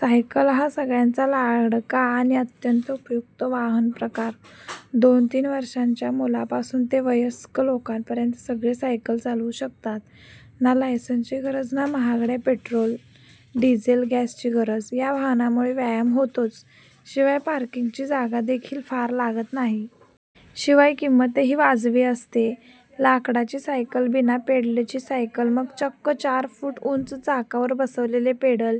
Cycle हा सगळ्यांचा लाडका आणि अत्यंत उपयुक्त वाहन प्रकार! दोन-तीन वर्षांच्या मुलापासून ते वयस्क लोकांपर्यंत सगळे सायकल चालवू शकतात. ना लायसन्सची गरज, ना महागड्या पेट्रोल, डिझेल, गॅसची गरज! या वाहनामुळे व्यायाम होतोच; शिवाय पार्किंगची जागादेखील फार लागत नाही. शिवाय किंमतही वाजवी असते. लाकडाची सायकल, बिना पेडलची सायकल, मग चक्क चार फूट उंच चाकावर बसवलेले पेडल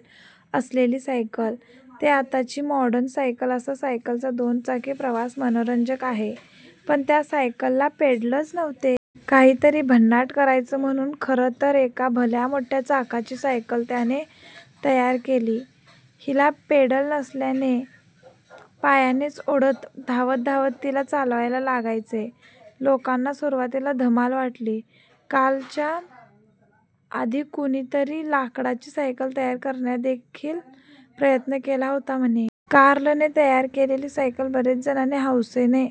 असलेली सायकल ते आताची मॉडर्न सायकल असा सायकलचा दोन चाकी प्रवास मनोरंजक आहे. पण त्या सायकलला पेडलच नव्हते! काहीतरी भन्नाट करायचं म्हणून खरं तर एका भल्या मोठ्या चाकाची सायकल त्याने तयार केली. हिला पेडल नसल्याने पायानेच ओढत, धावत-धावत तिला चालवायला लागायचे. लोकांना सुरुवातीला धमाल वाटली. कार्लच्या आधी कुणीतरी लाकडाची सायकल तयार करण्याचादेखील प्रयत्न केला होता म्हणे! कार्लने तयार केलेली सायकल बरेच जणांनी हौसेने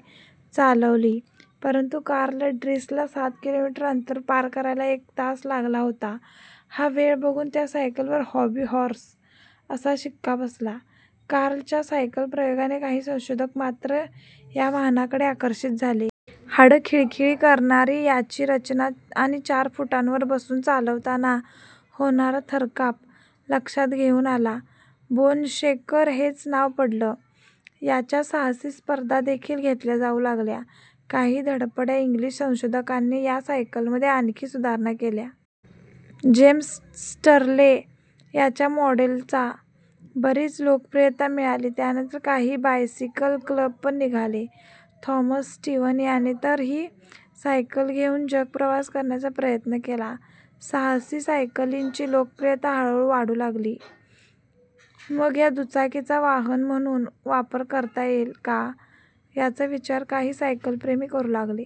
चालवली. परंतु कार्ल ड्रिसला सात किलोमीटर अंतर पार करायला एक तास लागला होता! हा वेळ बघून त्या सायकलवर 'हॉबी हॉर्स' असा शिक्का बसला! कार्लच्या सायकल प्रयोगाने काही संशोधक मात्र या वाहनाकडे आकर्षित झाले. हाडं खिळखिळी करणारी याची रचना आणि चार फुटांवर बसून चालवताना होणारा थरकाप लक्षात घेऊन याला 'बोनशेकर' हेच नाव पडलं. याच्या साहसी स्पर्धा देखील घेतल्या जाऊ लागल्या. काही धडपड्या इंग्लिश संशोधकांनी या सायकलमध्ये आणखी सुधारणा केल्या. जेम्स स्टरले याच्या मॉडेलला बरीच लोकप्रियता मिळाली. त्यानंतर काही 'बायसिकल क्लब' पण निघाले. थॉमस स्टीव्हन याने तर ही सायकल घेऊन जगप्रवास करण्याचा प्रयत्न केला. साहसी सायकलींची लोकप्रियता हळूहळू वाढत गेली. मग या दुचाकीचा 'वाहन' म्हणून वापर करता येईल का, याचा विचार काही सायकलप्रेमी करू लागले.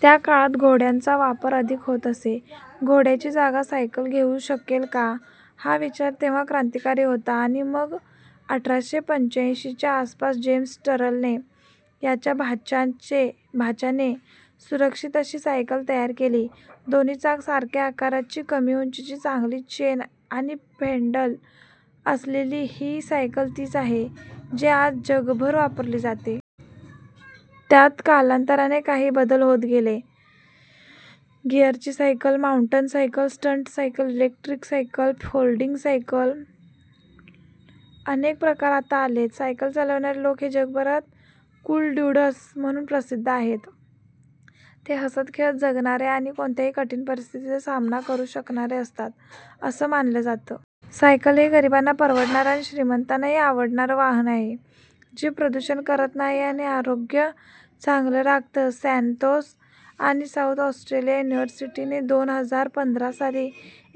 त्या काळात घोड्यांचा वापर अधिक होत असे. घोड्याची जागा सायकल घेऊ शकेल का, हा विचार तेव्हा क्रांतिकारी होता. आणि मग अठराशे पंच्याऐंशीच्या आसपास जेम्स स्टरले याच्या भाच्याने सुरक्षित अशी सायकल तयार केली. दोन्ही चाकं सारख्या आकाराची, कमी उंचीची, चांगली चेन आणि पेडल असलेली ही सायकल तीच आहे, जी आज जगभर वापरली जाते. त्यात कालांतराने काही बदल होत गेले. गिअरची cycle, mountain cycle, stunt cycle, electric cycle, folding cycle असे अनेक प्रकार आता आलेत. सायकल चालवणारे लोक हे जगभरात 'कूल ड्युड्स' म्हणून प्रसिद्ध आहेत. ते हसत-खेळत जगणारे आणि कोणत्याही कठीण परिस्थितीचा सामना करू शकणारे असतात, असं मानलं जातं. सायकल हे गरिबांना परवडणारं आणि श्रीमंतांनाही आवडणारं वाहन आहे, जे प्रदूषण करत नाही आणि आरोग्य चांगलं राखतं. सॅनतोस आणि साऊथ ऑस्ट्रेलिया युनिव्हर्सिटीने दोन हजार पंधरा साली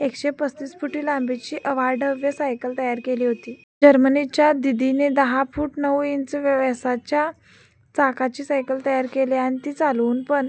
एकशे पस्तीस फूट लांबीची अवाढव्य सायकल तयार केली होती. जर्मनीच्या दीदीने दहा फूट नऊ इंच व्यासाच्या चाकाची सायकल तयार केली आणि ती चालवून पण